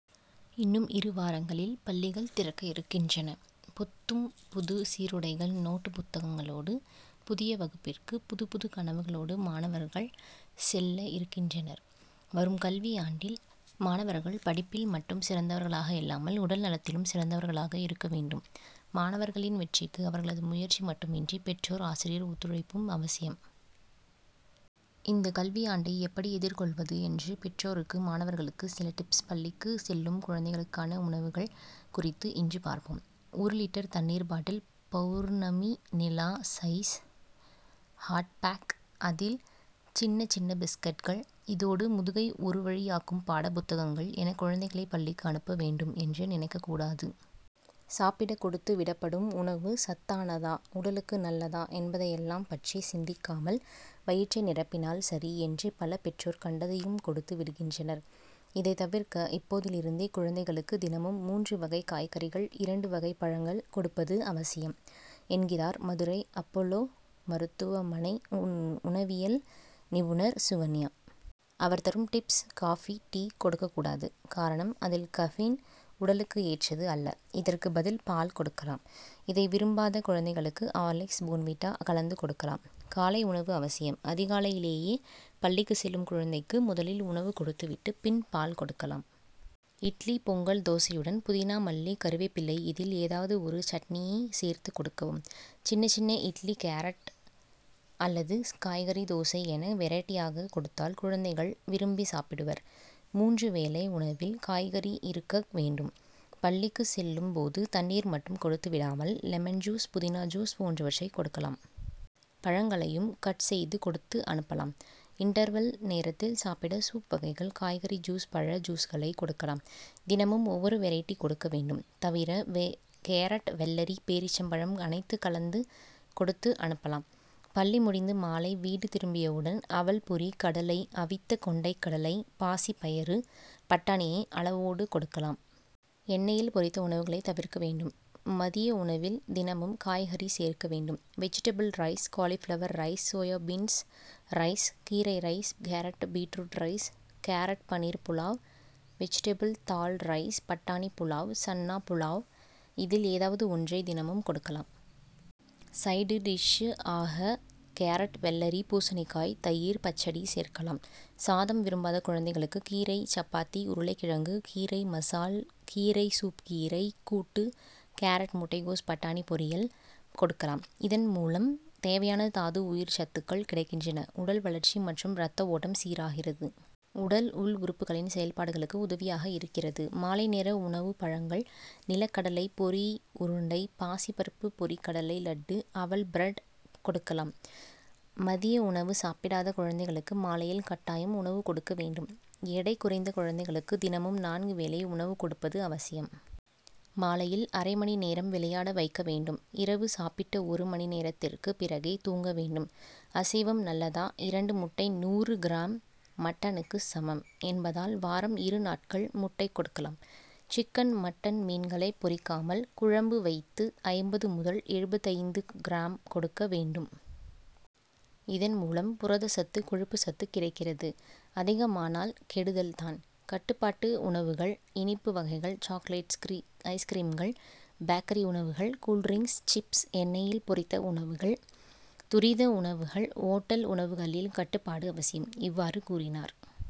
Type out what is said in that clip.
இன்னும் இரு வாரங்களில் பள்ளிகள் திறக்க இருக்கின்றன. புத்தும் புது சீருடைகள் நோட்டு புத்தகங்களோடு புதிய வகுப்பிற்கு புதுப்புது கனவுகளோடு மாணவர்கள் செல்ல இருக்கின்றனர். வரும் கல்வியாண்டில் மாணவர்கள் படிப்பில் மட்டும் சிறந்தவர்களாக இல்லாமல் உடல்நலத்திலும் சிறந்தவர்களாக இருக்க வேண்டும். மாணவர்களின் வெற்றிக்கு அவர்களது முயற்சி மட்டுமின்றி பெற்றோர் ஆசிரியர் ஒத்துழைப்பும் அவசியம். இந்த கல்வியாண்டை எப்படி எதிர்கொள்வது என்று பெற்றோருக்கு மாணவர்களுக்கு சில டிப்ஸ் பள்ளிக்கு செல்லும் குழந்தைகளுக்கான உணவுகள் குறித்து இன்று பார்ப்போம். ஒரு லிட்டர் தண்ணீர் பாட்டில் பவுர்ணமி நிலா சைஸ் ஹாட்பேக் அதில் சின்ன சின்ன பிஸ்கட்கள் இதோடு முதுகை ஒருவழியாக்கும் பாடப்புத்தகங்கள் என குழந்தைகளை பள்ளிக்கு அனுப்ப வேண்டும் என்று நினைக்க கூடாது. சாப்பிட கொடுத்துவிடப்படும் உணவு சத்தானதா உடலுக்கு நல்லதா என்பதையெல்லாம் பற்றி சிந்திக்காமல் வயிற்றை நிரப்பினால் சரி என்று பல பெற்றோர் கண்டதையும் கொடுத்து விடுகின்றனர். இதை தவிர்க்க இப்போதிலிருந்தே குழந்தைகளுக்கு தினமும் மூன்று வகை காய்கறிகள் இரண்டு வகை பழங்கள் கொடுப்பது அவசியம் என்கிறார் மதுரை அப்போலோ மருத்துவமனை உணவியல் நிபுணர் சுகன்யா. அவர் தரும் டிப்ஸ் காபி டீ கொடுக்கக்கூடாது. காரணம் அதில் கபின் உடலுக்கு ஏற்றது அல்ல. இதற்கு பதில் பால் கொடுக்கலாம். இதை விரும்பாத குழந்தைகளுக்கு ஹார்லிக்ஸ் போன்விட்டா கலந்து கொடுக்கலாம். காலை உணவு அவசியம். அதிகாலையிலேயே பள்ளிக்கு செல்லும் குழந்தைக்கு முதலில் உணவு கொடுத்துவிட்டு பின் பால் கொடுக்கலாம். இட்லி பொங்கல் தோசையுடன் புதினா மல்லி கறிவேப்பிலை இதில் ஏதாவது ஒரு சட்னியை சேர்த்துக் கொடுக்கவும். சின்ன சின்ன இட்லி கேரட் அல்லது காய்கறி தோசை என வெரைட்டியாக கொடுத்தால் குழந்தைகள் விரும்பி சாப்பிடுவர். மூன்று வேளை உணவில் காய்கறி இருக்க வேண்டும். பள்ளிக்கு செல்லும் போது தண்ணீர் மட்டும் கொடுத்துவிடாமல் லெமன் ஜூஸ் புதினா ஜூஸ் போன்றவற்றை கொடுக்கலாம். பழங்களையும் கட் செய்து கொடுத்து அனுப்பலாம். இன்டர்வெல் நேரத்தில் சாப்பிட சூப் வகைகள் காய்கறி ஜூஸ் பழ ஜூஸ்களை கொடுக்கலாம். தினமும் ஒவ்வொரு வெரைட்டி கொடுக்க வேண்டும். தவிர கேரட் வெள்ளரி பேரீச்சம் பழம் அனைத்து கலந்து கொடுத்து அனுப்பலாம். பள்ளி முடிந்து மாலை வீடு திரும்பியவுடன் அவல் பொரி கடலை அவித்த கொண்டைக்கடலை பாசிப்பயறு பட்டாணியை அளவோடு கொடுக்கலாம். எண்ணெய்யில் பொரித்த உணவுகளை தவிர்க்க வேண்டும். மதிய உணவில் தினமும் காய்கறி சேர்க்க வேண்டும். Vegetable rice cauliflower rice soybeans rice கீரை rice carrot beetroot rice carrot paneer pulao vegetable dal rice பட்டாணி புலாவ் சன்னா புலாவ் இதில் ஏதாவது ஒன்றை தினமும் கொடுக்கலாம். சைடு டிஷ் ஆக கேரட் வெள்ளரி பூசணிக்காய் தயிர் பச்சடி சேர்க்கலாம். சாதம் விரும்பாத குழந்தைகளுக்கு கீரை சப்பாத்தி உருளைகிழங்கு கீரை மசால் கீரை சூப் கீரை கூட்டு கேரட் முட்டைகோஸ் பட்டாணி பொரியல் கொடுக்கலாம். இதன்மூலம் தேவையான தாது உயிர்ச்சத்துகள் கிடைக்கின்றன. உடல் வளர்ச்சி மற்றும் ரத்த ஓட்டம் சீராகிறது. உடல் உள் உறுப்புகளின் செயல்பாடுகளுக்கு உதவியாக இருக்கிறது. மாலை நேர உணவு பழங்கள் நிலக்கடலை பொரி உருண்டை பாசி பருப்பு பொரி கடலை லட்டு அவல் பிரட் கொடுக்கலாம். மதிய உணவு சாப்பிடாத குழந்தைகளுக்கு மாலையில் கட்டாயம் உணவு கொடுக்க வேண்டும். எடை குறைந்த குழந்தைகளுக்கு தினமும் நான்கு வேளை உணவு கொடுப்பது அவசியம். மாலையில் அரைமணி நேரம் விளையாட வைக்க வேண்டும். இரவு சாப்பிட்ட ஒரு மணி நேரத்திற்கு பிறகே தூங்க வேண்டும். அசைவம் நல்லதா இரண்டு முட்டை நூறு கிராம் மட்டனுக்கு சமம் என்பதால் வாரம் இரு நாட்கள் முட்டை கொடுக்கலாம். சிக்கன் மட்டன் மீன்களை பொறிக்காமல் குழம்பு வைத்து ஐம்பது முதல் எழுபத்தைந்து கிராம் கொடுக்க வேண்டும். இதன்மூலம் புரதச்சத்து கொழுப்புச் சத்து கிடைக்கிறது. அதிகமானால் கெடுதல்தான். கட்டுப்பாட்டு உணவுகள் இனிப்பு வகைகள் சாக்லேட்ஸ் ஐஸ்கிரீம்ஸ் பேக்கரி உணவுகள் கூல்டிரிங்ஸ் சிப்ஸ் எண்ணெய்யில் பொரித்த உணவுகள் துரித உணவுகள் ஓட்டல் உணவுகளில் கட்டுப்பாடு அவசியம். இவ்வாறு கூறினார்.